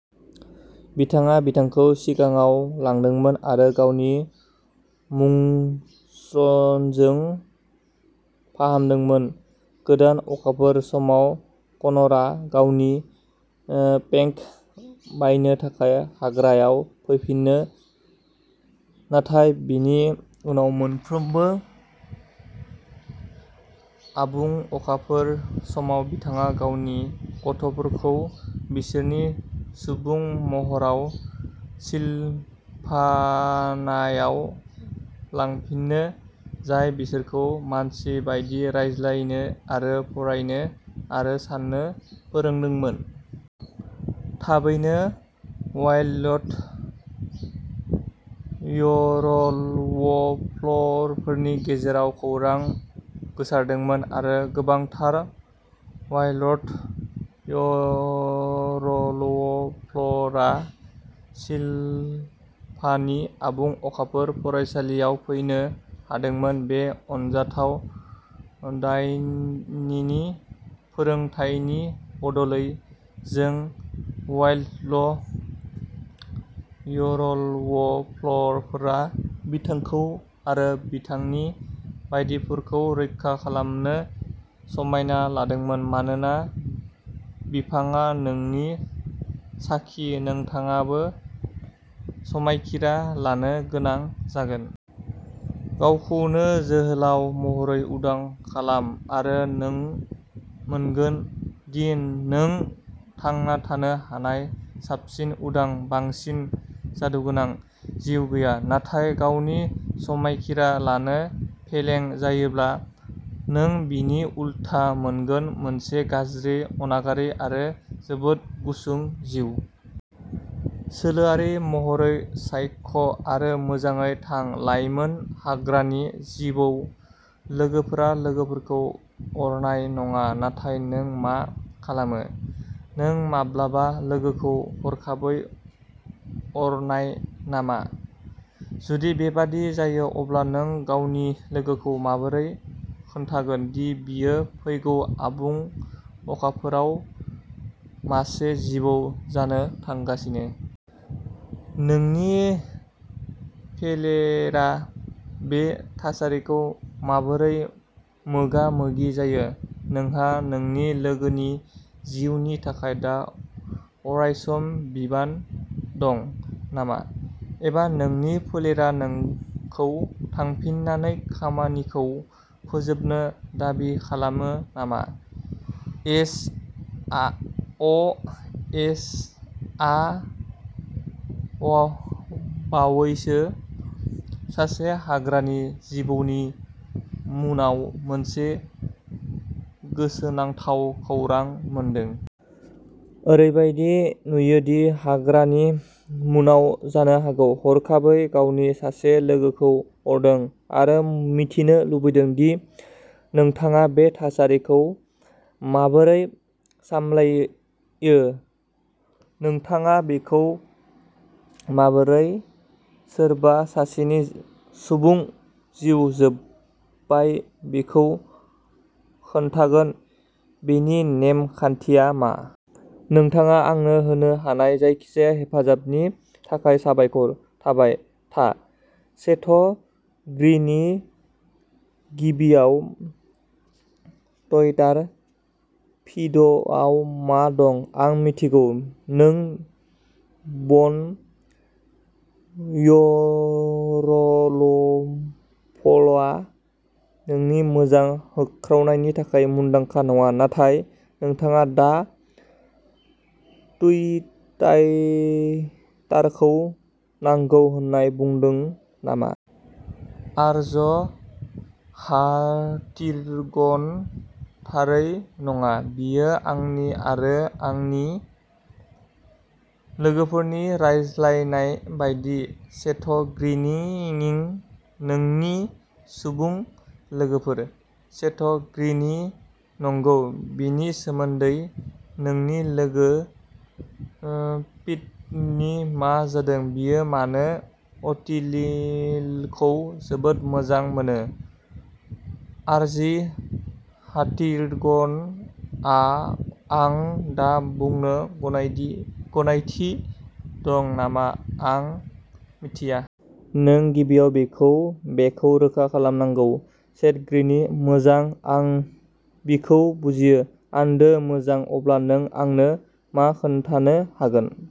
बिथाङा बिथांखौ सिङाव लांदोंमोन आरो गावनि मुंस्रजों फाहामदोंमोन। गोदान अखाफोर समाव, कनरआ गावनि ओ पेक बानायनो थाखाय हाग्रायाव फैफिनो, नाथाय बेनि उनाव मोनफ्रोमबो आबुं अखाफोर समाव, बिथाङा गावनि गथ'फोरखौ बिसोरनि सुबुं महराव सिलभानायाव लांफिनो, जाय बिसोरखौ मानसि बायदि रायज्लायनो आरो फरायनो आरो साननो फोरोंदोंमोन। थाबैनो वाइल्ड यरवफ्लरफोरनि गेजेराव खौरां गोसारदोंमोन आरो गोबांथार वाइल्ड यरवफ्लर आ सिलभानानि आबुं अखाफोर फरायसालियाव फैनो हादोंमोन। बे अनजाथाव डायनिनि फोरोंथायनि बदलै, जों वाइल्ड यरवफ्लरफोरा बिथांखौ आरो बिथांनि बायदिफोरखौ रैखा खालामनो समायना लादोंमोन। मानोना बिफांआ नोंनि साखि, नोंथाङाबो समायखिरा लानो गोनां जागोन। गावखौनो जोहोलाव महरै उदां खालाम आरो नों मोनगोन दि नों थांना थानो हानाय साबसिन उदां, बांसिन जादुगोनां जिउ गैया। नाथाय गावनि समायखिरा लानो फेलें जायोब्ला नों बिनि उलथा मोनगोन, मोनसे गाज्रि, अनागारि आरो जोबोद गुसुं जिउ। सोलोआरि महरै सायख'आरो मोजाङै थां, लाइमोन हाग्रानि जिबौ। लोगोफोरा लोगोफोरखौ अरनाय नङा-नाथाय नों मा खालामो? नों माब्लाबा लोगोखौ हरखाबै अरनाय नामा? जुदि बेबादि जायो, अब्ला नों गावनि लोगोखौ माबोरै खोन्थागोन दि बियो फैगौ आबुं अखाफोराव मासे जिबौ जानो थांगासिनो? नोंनि फेलेरा बे थासारिखौ माबोरै मोगा-मोगि जायो? नोंहा नोंनि लोगोनि जिउनि थाखाय दा अरायसम बिबान दं नामा? एबा नोंनि फोलेरा नोंखौ थांफिननानै खामानिखौ फोजोबनो दाबि खालामो नामा? एस. आ अ. एस. आ बावैसो सासे हाग्रानि जिबौनि मुनाव मोनसे गोसोनांथाव खौरां मोनदों। ओरैबायदि नुयो दि हाग्रानि मुनाव जानो हागौ। हरखाबै गावनि सासे लोगोखौ अरदों आरो मिथिनो लुगैदों दि नोंथाङा बे थासारिखौ माबोरै सामलायो। नोंथाङा बेखौ माबोरै सोरबा सासेनि सुबुं जिउ जोबबाय बेखौ खोन्थागोन? बेनि नेम-खान्थिया मा? नोंथाङा आंनो होनो हानाय जायखिजाया हेफाजाबनि थाखाय साबायखर। थाबाय था। सेथ ग्रिनि, गिबियाव टुइटार फिडआव मा दं? आं मिन्थिगौ नों बन यरलफलआ नोंनि मोजां होख्रावनायनि थाखाय मुंदांखा नङा, नाथाय नोंथाङा दा टुइटाइटारखौ नांगौ होनना बुंदों नामा? आर्च हार्टिगनः थारै नङा। बेयो आंनि आरो आंनि लोगोफोरनि रायज्लायनाय बायदि। सेथ ग्रिनिंः नोंनि सुबुं लोगोफोर? सेथ ग्रिनि नंगौ बेनि सोमोन्दै। नोंनि लोगो पिटनि मा जादों? बियो मानो अ'टलिखौ जोबोद मोजां मोनो? आर्जि हार्टिगनः आं दा बुंनो गनायदि गनायथि दं नामा आं मिथिया। नों गिबियाव बिखौ बेखौ रोखा खालामनांगौ। सेथ ग्रिनि मोजां, आं बेखौ बुजियो। आन्दो। मोजां। अब्ला नों आंनो मा खोन्थानो हागोन?